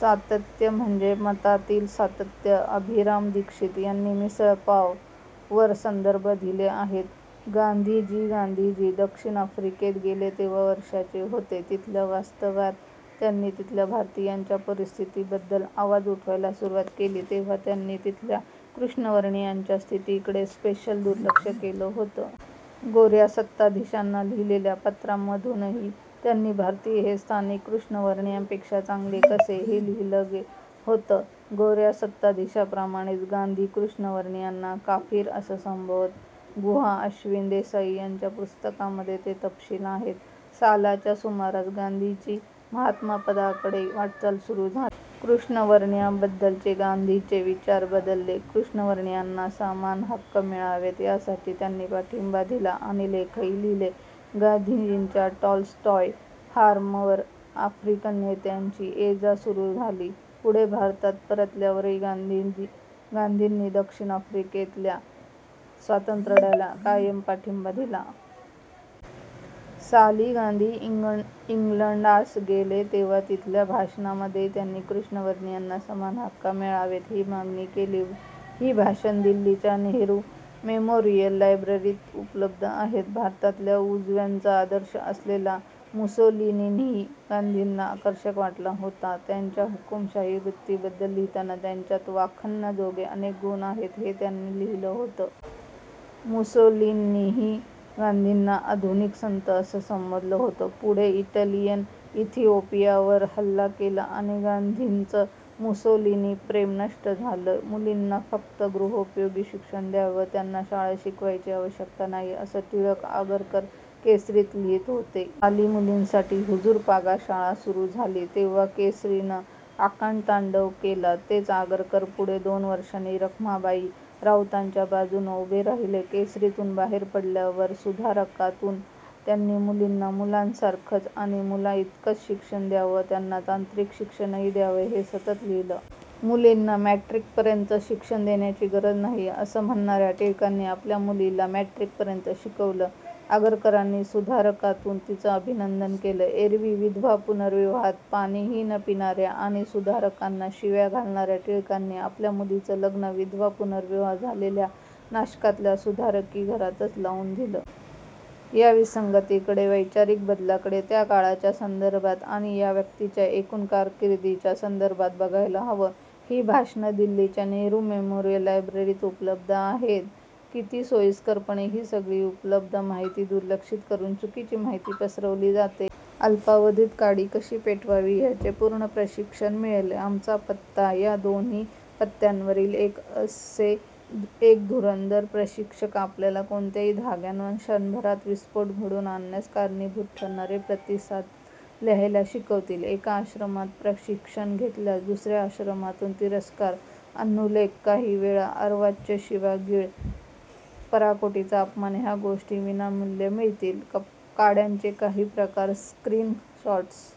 सातत्य म्हणजे मतातील सातत्य. अभिराम दीक्षित यांनी मिसळपाव वर संदर्भ दिले आहेत. " गांधीजीगांधीजी द. अफ्रिकेत गेले तेव्हा वर्षांचे होते. तिथल्या वास्तव्यात त्यांनी तिथल्या भारतीयांच्या परिस्थितीबद्दल आवाज उठवायला सुरुवात केली तेव्हा त्यांनी तिथल्या कृष्णवर्णीयांच्या स्थितीकडे सपशेल दुर्लक्ष केलं होतं. गोर्या सत्ताधीशांना लिहिलेल्या पत्रांमधूनही त्यांनी भारतीय हे स्थानिक कृष्णवर्णीयांपेक्षा चांगले कसे, हे लिहिलं होतं. गोर्या सत्ताधीशांप्रमाणेच गांधी कृष्णवर्णीयांना 'काफिर' असं संबोधत. गुहा, अश्विन देसाई यांच्या पुस्तकांमध्ये हे तपशील आहेत. सालाच्या सुमारास गांधींची महात्मापदाकडे वाटचाल सुरू झाली. कृष्णवर्णीयांबद्दलचे गांधींचे विचार बदलले. कृष्णवर्णीयांना समान हक्क मिळावेत, यासाठी त्यांनी पाठिंबा दिला आणि लेखही लिहिले. गांधींच्या टॉलस्टॉय फार्मवर आफ्रिकन नेत्यांची येजा सुरू झाली. पुढे भारतात परतल्यावरही गांधींनी द. आफ्रिकेतल्या स्वातंत्र्यलढ्याला कायम पाठिंबा दिला. साली गांधी इंग्लंडास गेले, तेव्हा तिथल्या भाषणांमध्येही त्यांनी कृष्णवर्णीयांना समान हक्का मिळावेत, ही मागणी केली. ही भाषणं दिल्लीच्या नेहरू मेमोरियल लायब्ररीत उपलब्ध आहेत. भारतातल्या उजव्यांचा आदर्श असलेला मुसोलिनीही गांधींना आकर्षक वाटला होता. त्याच्या हुकुमशाही वृत्तीबद्दल लिहिताना त्याच्यात वाखाणण्याजोगे अनेक गुण आहेत, हे त्यांनी लिहिलं होतं. मुसोलिनीनंही गांधींना 'आधुनिक संत' असं संबोधलं होतं. पुढे इटलीनं इथिओपियावर हल्ला केला आणि गांधींचं मुसोलिनी-प्रेम नष्ट झालं. मुलींना फक्त गृहोपयोगी शिक्षण द्यावं, त्यांना शाळा शिकवायची आवश्यकता नाही असं टिळक आगरकर 'केसरी'त लिहीत होते. साली मुलींसाठी हुजूरपागा शाळा सुरू झाली तेव्हा 'केसरी'नं आकांडतांडव केला. तेच आगरकर पुढे दोन वर्षांनी रखमाबाई राउतांच्या बाजूनं उभे राहिले. 'केसरी'तून बाहेर पडल्यावर 'सुधारका'तून त्यांनी 'मुलींना मुलांसारखंच आणि मुलांइतकंच शिक्षण द्यावं, त्यांना तांत्रिक शिक्षणही द्यावं' हे सतत लिहिलं. मुलींना मॅट्रिकपर्यंतचं शिक्षण देण्याची गरज नाही, असं म्हणणार्या टिळकांनी आपल्या मुलीला मॅट्रिकपर्यंत शिकवलं. आगरकरांनी सुधारकातून तिचं अभिनंदन केलं. एरवी विधवा-पुनर्विवाहात पाणीही न पिणार्या आणि सुधारकांना शिव्या घालणार्या टिळकांनी आपल्या मुलीचं लग्न विधवा-पुनर्विवाह झालेल्या नाशकातल्या सुधारकी घरातच लावून दिलं. या विसंगतींकडे, वैचारिक बदलांकडे त्या काळाच्या संदर्भात आणि या व्यक्तींच्या एकूण कारकिर्दीच्या संदर्भात बघायला हवं. ही भाषणं दिल्लीच्या नेहरू मेमोरियल लायब्ररीत उपलब्ध आहेत >> किती सोयीस्करपणे ही सगळी ऊपलब्ध माहिती दुर्लक्षित करून चुकीची माहिती पसरवली जाते. अल्पावधीत काडी कशी पेटवावी ह्याचे पूर्ण प्रशिक्षण मिळेलःआमचा पत्ता: ्या दोन्ही पत्त्यांवरील एक से एक धुरंधर प्रशिक्षक आपल्याला कोणत्याही धाग्यावर क्षणभरात विस्फोट घडवून आणण्यास कारणीभूत ठरणारे प्रतिसाद लिहायला शिकवतील. एका आश्रमात प्रशिक्षण घेतल्यास दुसर्या आश्रमातून तिरस्कार, अनुल्लेख, काही वेळा अर्वाच्य शिवीगाळ, पराकोटीचा अपमान ह्या गोष्टी विनामूल्य मिळतील. काड्यांचे काही प्रकारः स्क्रीन शॉट्स